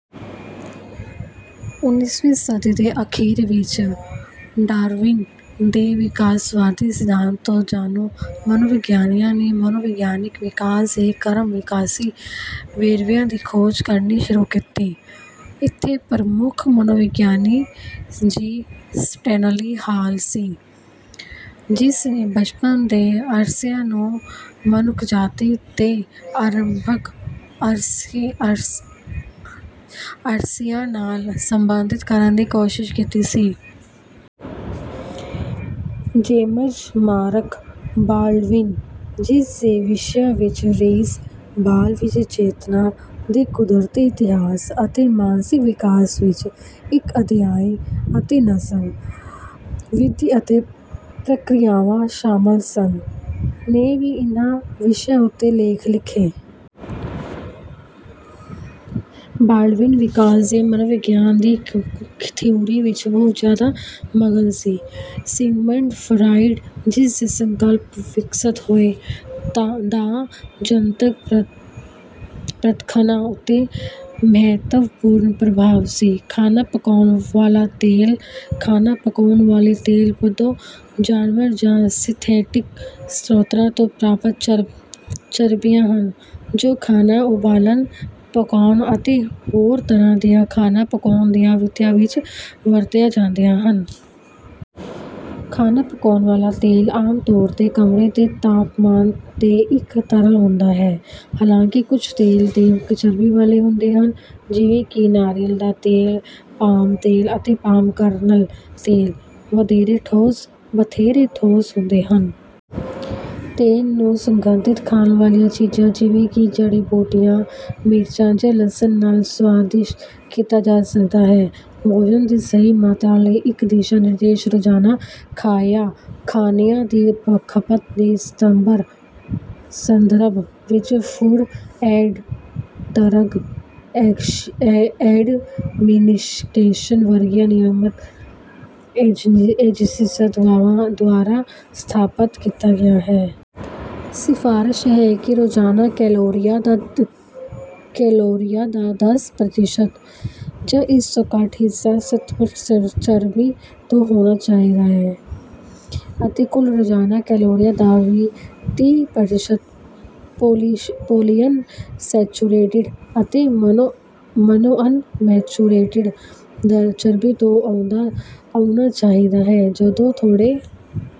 ਉਨਿਸਵੀਂ ਸਦੀ ਦੇ ਅਖੀਰ ਵਿੱਚ, ਡਾਰਵਿਨ ਦੇ ਵਿਕਾਸਵਾਦੀ ਸਿਧਾਂਤ ਤੋਂ ਜਾਣੂ ਮਨੋਵਿਗਿਆਨੀਆਂ ਨੇ ਮਨੋਵਿਗਿਆਨਿਕ ਵਿਕਾਸ ਦੇ ਕਰਮਵਿਕਾਸੀ ਵੇਰਵਿਆਂ ਦੀ ਖੋਜ ਕਰਨੀ ਸ਼ੁਰੂ ਕੀਤੀ। ਇੱਥੇ ਪ੍ਰਮੁੱਖ ਮਨੋਵਿਗਿਆਨੀ ਜੀ. ਸਟੈਨਲੀ ਹਾਲ ਸੀ, ਜਿਸ ਨੇ ਬਚਪਨ ਦੇ ਅਰਸਿਆਂ ਨੂੰ ਮਨੁੱਖਜਾਤੀ ਦੇ ਅਰੰਭਕ ਅਰਸਿਆਂ ਨਾਲ ਸੰਬੰਧਿਤ ਕਰਨ ਦੀ ਕੋਸ਼ਿਸ਼ ਕੀਤੀ ਸੀ। ਜੇਮਜ਼ ਮਾਰਕ ਬਾਲਡਵਿਨ, ਜਿਸ ਦੇ ਵਿਸ਼ਿਆਂ ਵਿੱਚ ‘ਰੀਸ: ਬਾਲ ਵਿੱਚ ਚੇਤਨਾ ਦੇ ਕੁਦਰਤੀ ਇਤਿਹਾਸ ਅਤੇ ਮਾਨਸਿਕ ਵਿਕਾਸ ਵਿੱਚ ਇੱਕ ਅਧਿਆਇ’ ਅਤੇ ‘ਨਸਲ: ਵਿਧੀ ਅਤੇ ਪ੍ਰਕਿਰਿਆਵਾਂ’ ਸ਼ਾਮਲ ਸਨ, ਨੇ ਵੀ ਇਨ੍ਹਾਂ ਵਿਸ਼ਿਆਂ ਉੱਤੇ ਲੇਖ ਲਿਖੇ। ਬਾਲਡਵਿਨ ਵਿਕਾਸ ਦੇ ਮਨੋਵਿਗਿਆਨ ਦੀ ਥਿਊਰੀ ਵਿੱਚ ਬਹੁਤ ਜ਼ਿਆਦਾ ਮਗਨ ਸੀ। ਸਿਗਮੰਡ ਫਰਾਇਡ, ਜਿਸ ਦੇ ਸੰਕਲਪ ਵਿਕਸਤ ਹੋਏ, ਦਾ ਜਨਤਕ ਪ੍ਰਤੱਖਣਾਂ ਉੱਤੇ ਮਹੱਤਵਪੂਰਨ ਪ੍ਰਭਾਵ ਸੀ। ਖਾਣਾ ਪਕਾਉਣ ਵਾਲਾ ਤੇਲ ਖਾਣਾ ਪਕਾਉਣ ਵਾਲੇ ਤੇਲ ਪੌਦੇ, ਜਾਨਵਰ ਜਾਂ ਸਿੰਥੈਟਿਕ ਸਰੋਤਾਂ ਤੋਂ ਪ੍ਰਾਪਤ ਚਰਬੀਆਂ ਹਨ, ਜੋ ਖਾਣਾ ਉਬਾਲਣ, ਪਕਾਉਣ ਅਤੇ ਹੋਰ ਤਰ੍ਹਾਂ ਦੀਆਂ ਖਾਣਾ ਪਕਾਉਣ ਦੀਆਂ ਵਿਧੀਆਂ ਵਿੱਚ ਵਰਤੀਆਂ ਜਾਂਦੀਆਂ ਹਨ। ਖਾਣਾ ਪਕਾਉਣ ਵਾਲਾ ਤੇਲ ਆਮ ਤੌਰ ’ਤੇ ਕਮਰੇ ਦੇ ਤਾਪਮਾਨ ’ਤੇ ਇੱਕ ਤਰਲ ਹੁੰਦਾ ਹੈ। ਹਾਲਾਂਕਿ, ਕੁਝ ਤੇਲ ਦੇ ਚਰਬੀ ਵਾਲੇ ਹੁੰਦੇ ਹਨ, ਜਿਵੇਂ ਕਿ ਨਾਰੀਅਲ ਦਾ ਤੇਲ, ਪਾਮ ਤੇਲ ਅਤੇ ਪਾਮ ਕਰਨਲ ਤੇਲ, ਵਧੇਰੇ ਠੋਸ ਹੁੰਦੇ ਹਨ। ਤੇਲ ਨੂੰ ਸੁਗੰਧਿਤ ਖਾਣ ਵਾਲੀਆਂ ਚੀਜ਼ਾਂ, ਜਿਵੇਂ ਕਿ ਜੜੀ-ਬੂਟੀਆਂ, ਮਿਰਚਾਂ ਜਾਂ ਲਸਣ ਨਾਲ ਸੁਆਦਿਸ਼ਟ ਕੀਤਾ ਜਾ ਸਕਦਾ ਹੈ। ਭੋਜਨ ਦੀ ਸਹੀ ਮਾਤਰਾ ਲਈ ਇੱਕ ਦਿਸ਼ਾ-ਨਿਰਦੇਸ਼ ਰੋਜ਼ਾਨਾ ਖਾਣਿਆਂ ਦੀ ਖਪਤ ਦੇ ਸੰਦਰਭ ਵਿੱਚ ਫੂਡ ਐਂਡ ਡਰੱਗ ਐਡਮਿਨਿਸਟ੍ਰੇਸ਼ਨ ਵਰਗੀਆਂ ਨਿਯਮਤ ਏਜੰਸੀਆਂ ਦੁਆਰਾ ਸਥਾਪਤ ਕੀਤਾ ਗਿਆ ਹੈ। ਸਿਫ਼ਾਰਸ਼ ਇਹ ਹੈ ਕਿ ਰੋਜ਼ਾਨਾ ਕੈਲੋਰੀਆਂ ਦਾ ਦੱਸ ਪਰਤੀਸਤ ਜਾਂ ਇਸ ਤੋਂ ਘੱਟ ਹਿੱਸਾ ਸੰਤਪਤ ਚਰਬੀ ਤੋਂ ਹੋਣਾ ਚਾਹੀਦਾ ਹੈ ਅਤੇ ਕੁੱਲ ਰੋਜ਼ਾਨਾ ਕੈਲੋਰੀਆਂ ਦਾ ਵੀਂ-ਤੀ ਪਰਤੀਸਤ ਪੌਲੀਅਨਮੈਚੁਰੇਟਿਡ ਅਤੇ ਮੋਨੋਅਨਸੈਚੁਰੇਟਿਡ ਚਰਬੀ ਤੋਂ ਆਉਣਾ ਚਾਹੀਦਾ ਹੈ। ਜਦੋਂ ਥੋੜੇ